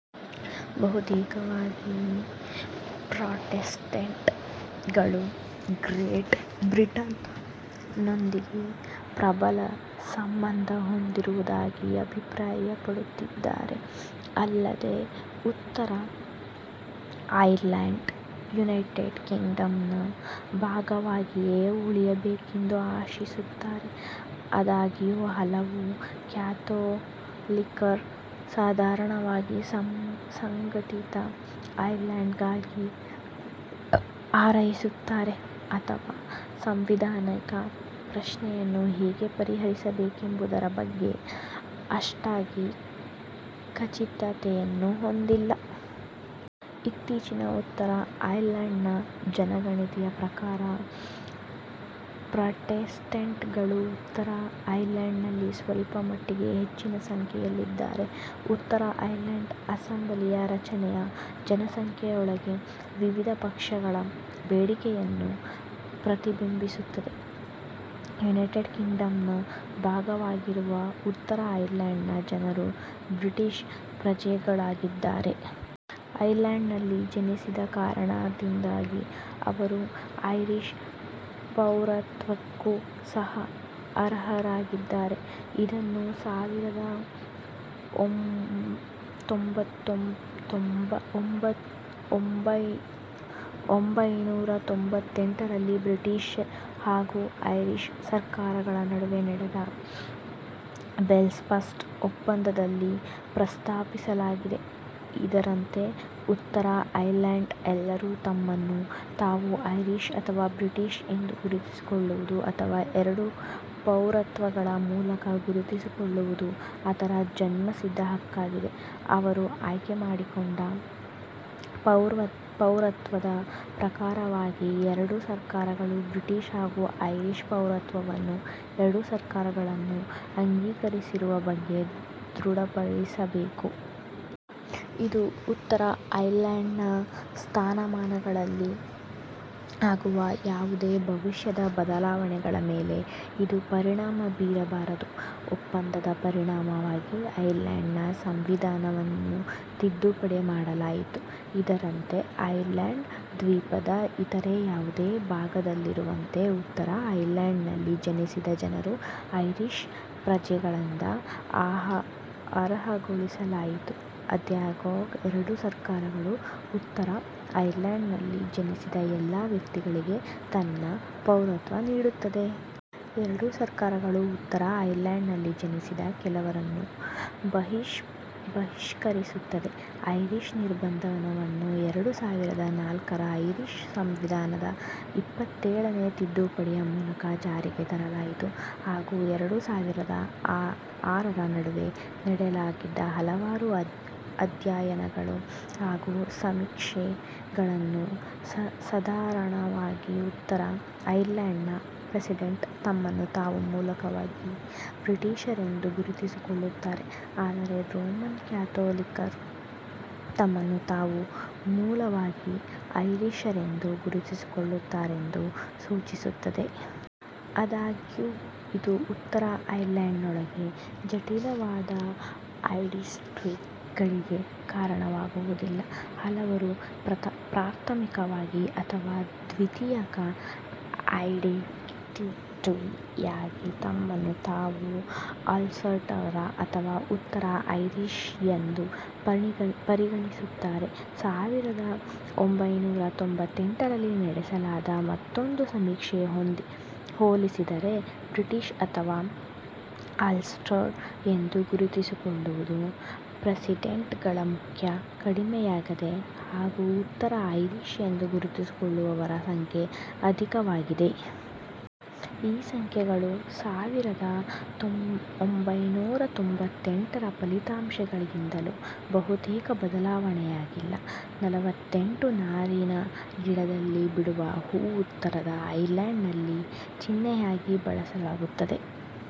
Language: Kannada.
ಬಹುತೇಕವಾಗಿ, ಪ್ರಾಟೆಸ್ಟೆಂಟ್ ಗಳು ಗ್ರೇಟ್ ಬ್ರಿಟನ್ ನೊಂದಿಗೆ ಪ್ರಬಲ ಸಂಬಂಧ ಹೊಂದಿರುವುದಾಗಿ ಅಭಿಪ್ರಾಯಪಡುತ್ತಾರೆ. ಅಲ್ಲದೇ ಉತ್ತರ ಐರ್ಲೆಂಡ್, ಯುನೈಟೆಡ್ ಕಿಂಗ್ಡಮ್ ನ ಭಾಗವಾಗಿಯೇ ಉಳಿಯಬೇಕೆಂದು ಆಶಿಸುತ್ತಾರೆ. ಆದಾಗ್ಯೂ ಹಲವು ಕ್ಯಾಥೋಲಿಕ್ಕರು, ಸಾಧಾರಣವಾಗಿ ಸಂಘಟಿತ ಐರ್ಲೆಂಡ್ ಗಾಗಿ ಹಾರೈಸುತ್ತಾರೆ ಅಥವಾ ಸಾಂವಿಧಾನಿಕ ಪ್ರಶ್ನೆಯನ್ನು ಹೇಗೆ ಪರಿಹರಿಸಬೇಕೆಂಬುದರ ಬಗ್ಗೆ ಅಷ್ಟಾಗಿ ಖಚಿತತೆಯನ್ನು ಹೊಂದಿಲ್ಲ. ಇತ್ತೀಚಿನ ಉತ್ತರ ಐರ್ಲೆಂಡ್ ನ ಜನಗಣತಿಯ ಪ್ರಕಾರ ಪ್ರಾಟೆಸ್ಟೆಂಟ್ ಗಳು ಉತ್ತರ ಐರ್ಲೆಂಡ್ ನಲ್ಲಿ ಸ್ವಲ್ಪ ಮಟ್ಟಿಗೆ ಹೆಚ್ಚಿನ ಸಂಖ್ಯೆಯಲ್ಲಿದ್ದಾರೆ। ಉತ್ತರ ಐರ್ಲೆಂಡ್ ಅಸೆಂಬ್ಲಿಯ ರಚನೆಯು ಜನಸಂಖ್ಯೆಯೊಳಗೆ ವಿವಿಧ ಪಕ್ಷಗಳ ಬೇಡಿಕೆಯನ್ನು ಪ್ರತಿಬಿಂಬಿಸುತ್ತದೆ. ಯುನೈಟೆಡ್ ಕಿಂಗ್ಡಮ್ ನ ಭಾಗವಾಗಿರುವ ಉತ್ತರ ಐರ್ಲೆಂಡ್ ನ ಜನರು ಬ್ರಿಟಿಶ್ ಪ್ರಜೆಗಳಾಗಿದ್ದಾರೆ. ಐರ್ಲೆಂಡ್ ನಲ್ಲಿ ಜನಿಸಿದ ಕಾರಣದಿಂದಾಗಿ ಅವರು ಐರಿಶ್ ಪೌರತ್ವಕ್ಕೂ ಸಹ ಅರ್ಹರಾಗಿದ್ದಾರೆ, ಇದನ್ನು ಸಾವಿರದ ಒಂಭೈನೂರ ತೊಂಬತ್ತೆಂಟರಲ್ಲಿ ಬ್ರಿಟಿಶ್ ಹಾಗು ಐರಿಶ್ ಸರ್ಕಾರಗಳ ನಡುವೆ ನಡೆದ ಬೆಲ್ಫಾಸ್ಟ್ ಒಪ್ಪಂದದಲ್ಲಿ ಪ್ರಸ್ತಾಪಿಸಲಾಗಿದೆ, ಇದರಂತೆ: ಉತ್ತರ ಐರ್ಲೆಂಡ್ ನ ಎಲ್ಲರೂ ತಮ್ಮನ್ನು ತಾವು ಐರಿಶ್ ಅಥವಾ ಬ್ರಿಟಿಶ್ ಎಂದು ಗುರುತಿಸಿಕೊಳ್ಳುವುದು ಅಥವಾ ಎರಡೂ ಪೌರತ್ವಗಳ ಮೂಲಕ ಗುರುತಿಸಿಕೊಳ್ಳುವುದು ಅವರ ಜನ್ಮಸಿದ್ಧ ಹಕ್ಕಾಗಿದೆ, ಅವರು ಆಯ್ಕೆ ಮಾಡಿಕೊಂಡ ಪೌರತ್ವದ ಪ್ರಕಾರವಾಗಿಎರಡೂ ಸರ್ಕಾರಗಳು ಬ್ರಿಟಿಶ್ ಹಾಗು ಐರಿಶ್ ಪೌರತ್ವವನ್ನು ಎರಡೂ ಸರ್ಕಾರಗಳು ಅಂಗೀಕರಿಸಿರುವ ಬಗ್ಗೆ ದೃಢಪಡಿಸಬೇಕು. ಇದು ಉತ್ತರ ಐರ್ಲೆಂಡ್ ನ ಸ್ಥಾನಮಾನದಲ್ಲಿ ಆಗುವ ಯಾವುದೇ ಭವಿಷ್ಯದ ಬದಲಾವಣೆಗಳ ಮೇಲೆ ಇದು ಪರಿಣಾಮ ಬೀರಬಾರದು. ಒಪ್ಪಂದದ ಪರಿಣಾಮವಾಗಿ, ಐರ್ಲೆಂಡ್ ನ ಸಂವಿಧಾನವನ್ನು ತಿದ್ದುಪಡಿ ಮಾಡಲಾಯಿತು, ಇದರಂತೆ, ಐರ್ಲೆಂಡ್ ದ್ವೀಪದ ಇತರ ಯಾವುದೇ ಭಾಗದಲ್ಲಿರುವಂತೆ ಉತ್ತರ ಐರ್ಲೆಂಡ್ ನಲ್ಲಿ ಜನಿಸಿದ ಜನರು ಐರಿಶ್ ಪ್ರಜೆಗಳೆಂದು ಅರ್ಹಗೊಳಿಸಲಾಯಿತು ಆದಾಗ್ಯೂ, ಎರಡೂ ಸರ್ಕಾರಗಳು, ಉತ್ತರ ಐರ್ಲೆಂಡ್ ನಲ್ಲಿ ಜನಿಸಿದ ಎಲ್ಲ ವ್ಯಕ್ತಿಗಳಿಗೆ ತನ್ನ ಪೌರತ್ವ ನೀಡುತ್ತದೆ। ಎರಡೂ ಸರ್ಕಾರಗಳು ಉತ್ತರ ಐರ್ಲೆಂಡ್ ನಲ್ಲಿ ಜನಿಸಿದ ಕೆಲವರನ್ನು ಬಹಿಷ್ಕರಿಸುತ್ತದೆ. ಐರಿಶ್ ನಿರ್ಬಂಧವನ್ನು ಎರಡು ಸಾವಿರದ ನಾಲ್ಕರ ಐರಿಶ್ ಸಂವಿಧಾನದ ಇಪ್ಪತ್ತೇಳನೆ ತಿದ್ದುಪಡಿಯ ಮೂಲಕ ಜಾರಿಗೆ ತರಲಾಯಿತು। ಹಾಗು ಎರಡು ಸಾವಿರದ ಆರರ ನಡುವೆ ನಡೆಸಲಾದ ಹಲವಾರು ಅಧ್ಯಯನಗಳು ಹಾಗು ಸಮೀಕ್ಷೆಗಳು, ಸಾಧಾರಣವಾಗಿ, ಉತ್ತರ ಐರ್ಲೆಂಡ್ ನ ಪ್ರಾಟೆಸ್ಟೆಂಟ್ ತಮ್ಮನ್ನು ತಾವು ಮೂಲವಾಗಿ 'ಬ್ರಿಟಿಷರೆಂದು' ಗುರುತಿಸಿಕೊಳ್ಳುತ್ತಾರೆ, ಆದರೆ ರೋಮನ್ ಕ್ಯಾಥೋಲಿಕ್ಕರು ತಮ್ಮನ್ನು ತಾವು ಮೂಲವಾಗಿ 'ಐರಿಶರೆಂದು' ಗುರುತಿಸಿಕೊಳ್ಳುತ್ತಾರೆಂದು ಸೂಚಿಸುತ್ತದೆ. ಆದಾಗ್ಯೂ, ಇದು ಉತ್ತರ ಐರ್ಲೆಂಡ್ ನೊಳಗೆ ಜಟಿಲವಾದ ಐಡೆನ್ಟಿಟಿಗಳಿಗೆ ಕಾರಣವಾಗುವುದಿಲ್ಲ, ಹಲವರು ಪ್ರಾಥಮಿಕವಾಗಿ, ಅಥವಾ ದ್ವಿತೀಯಕ ಐಡೆನ್ಟಿಟಿಯಾಗಿ ತಮ್ಮನ್ನು ತಾವು "ಅಲ್ಸ್ಟರ್" ಅಥವಾ "ಉತ್ತರ ಐರಿಶ್" ಎಂದು ಪರಿಗಣಿಸುತ್ತಾರೆ. ಸಾವಿರದ ಒಂಭೈನೂರ ತೊಂಬತ್ತೆಂಟರಲ್ಲಿ ನಡೆಸಲಾದ ಮತ್ತೊಂದು ಸಮೀಕ್ಷೆಗೆ ಹೋಲಿಸಿದರೆ, ಬ್ರಿಟಿಶ್ ಅಥವಾ ಅಲ್ಸ್ಟರ್ ಎಂದು ಗುರುತಿಸಿಕೊಳ್ಳುವ ಪ್ರಾಟೆಸ್ಟೆಂಟ್ ಗಳ ಸಂಖ್ಯೆ ಕಡಿಮೆಯಾಗಿದೆ; ಹಾಗು ಉತ್ತರ ಐರಿಶ್ ಎಂದು ಗುರುತಿಸಿಕೊಳ್ಳುವವರ ಸಂಖ್ಯೆ ಅಧಿಕವಾಗಿದೆ. ಈ ಸಂಖ್ಯೆಗಳು ಸಾವಿರದ ಒಂಭೈನೂರ ತೊಂಬತ್ತೆಂಟರ ಫಲಿತಾಂಶಗಳಿಂದಲೂ ಬಹುತೇಕ ಬದಲಾವಣೆಯಾಗಿಲ್ಲ. ನಲವತ್ತೆಂಟು ನಾರಿನ ಗಿಡದಲ್ಲಿ ಬಿಡುವ ಹೂವು ಉತ್ತರ ಐರ್ಲೆಂಡ್ ನಲ್ಲಿ ಚಿಹ್ನೆಯಾಗಿ ಬಳಸಲಾಗುತ್ತದೆ.